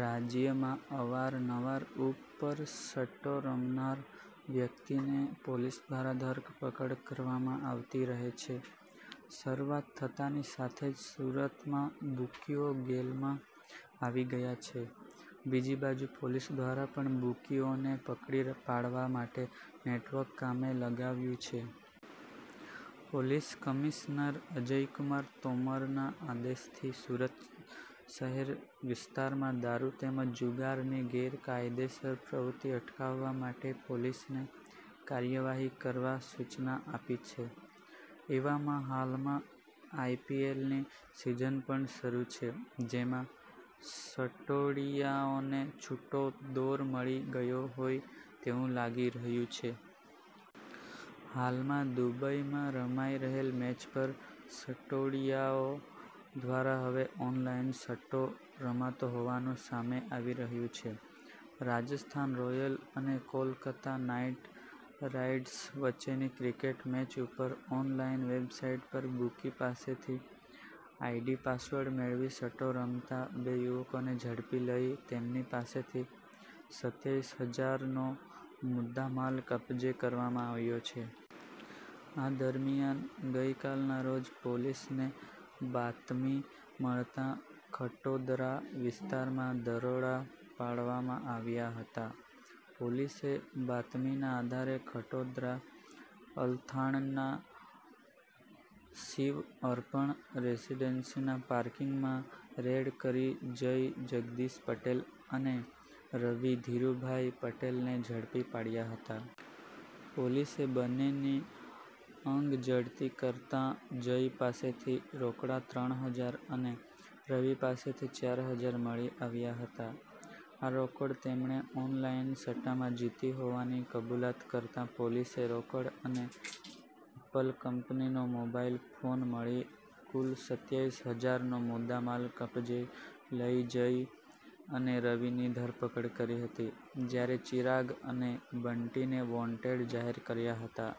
રાજ્યમાં અવાર-નવાર ઉપર સટ્ટો રમનાર વ્યક્તિને પોલીસ દ્વારા ધરપકડ કરવામાં આવતી રહે છે. શરુઆત થતાંની સાથે જ સુરતમાં બુકીઓ ગેલમાં આવી ગયા છે. બીજી બાજુ પોલીસ દ્વારા પણ બુકીઓને પકડી પાડવા માટે નેટવર્ક કામે લગાવ્યુ છે. પોલીસ કમિશનર અજયકુમાર તોમરના આદેશથી સુરત શહેર વિસ્તારમાં દારૂ તેમજ જુગારની ગેરકાયદેસર પ્રવૃત્તિ અટકાવવા માટે પોલીસને કાર્યવાહી કરવા સૂચના આપી છે. એવામાં હાલમાં આઈપીએલની સિઝન પણ શરૂ છે. જેમાં સટોડિયાઓને છૂટો દોર મળી ગયો હોય તેવું લાગી રહ્યું છે. હાલમાં દુબઈમાં રમાઈ રહેલ મેચ પર સટ્ટોડિયાઓ દ્વારા હવે ઓનલાઈન સટ્ટો રમાતો હોવાનું સામે આવી રહ્યું છે. રાજસ્થાન રોયલ અને કોલકત્તા નાઇટ રાઇડર્સ વચ્ચેની ક્રિકેટ મેચ ઉપર ઓનલાઇન વેબસાઇટ પર બુકી પાસેથી આઇડી-પાસવર્ડ મેળવી સટ્ટો રમતા બે યુવકોને ઝડપી લઈ તેમની પાસેથી સત્યાવીસ હજારનો મુદ્દામાલ કબ્જે કરવામાં આવ્યો છે. આ દરમ્યાન ગઈકાલના રોજ પોલીસને બાતમી મળતા ખટોદરા વિસ્તારમાં દરોડા પાડવામાં આવ્યા હતા. પોલીસે બાતમીના આધારે ખટોદરા અલથાણના શીવ અર્પણ રેસીડન્સીના પાર્કિંગમાં રેડ કરી જય જગદીશ પટેલ અને રવિ ધીરૂભાઇ પટેલ ને ઝડપી પાડયા હતા. પોલીસે બંનેની અંગ જડતી કરતા જય પાસેથી રોકડા ત્રણ હજાર અને રવિ પાસેથી ચાર હજાર મળી આવ્યા હતા. આ રોકડ તેમણે ઓનલાઇન સટ્ટામાં જીતી હોવાની કબૂલાત કરતા પોલીસે રોકડ અને એપલ કંપનીનો મોબાઇલ ફોન મળી કુલ સત્યાવીસ હજારનો મુદ્દામાલ કબ્જે લઇ જય અને રવિની ધરપકડ કરી હતી. જયારે ચિરાગ અને બંટીને વોન્ટેડ જાહેર કર્યા હતા.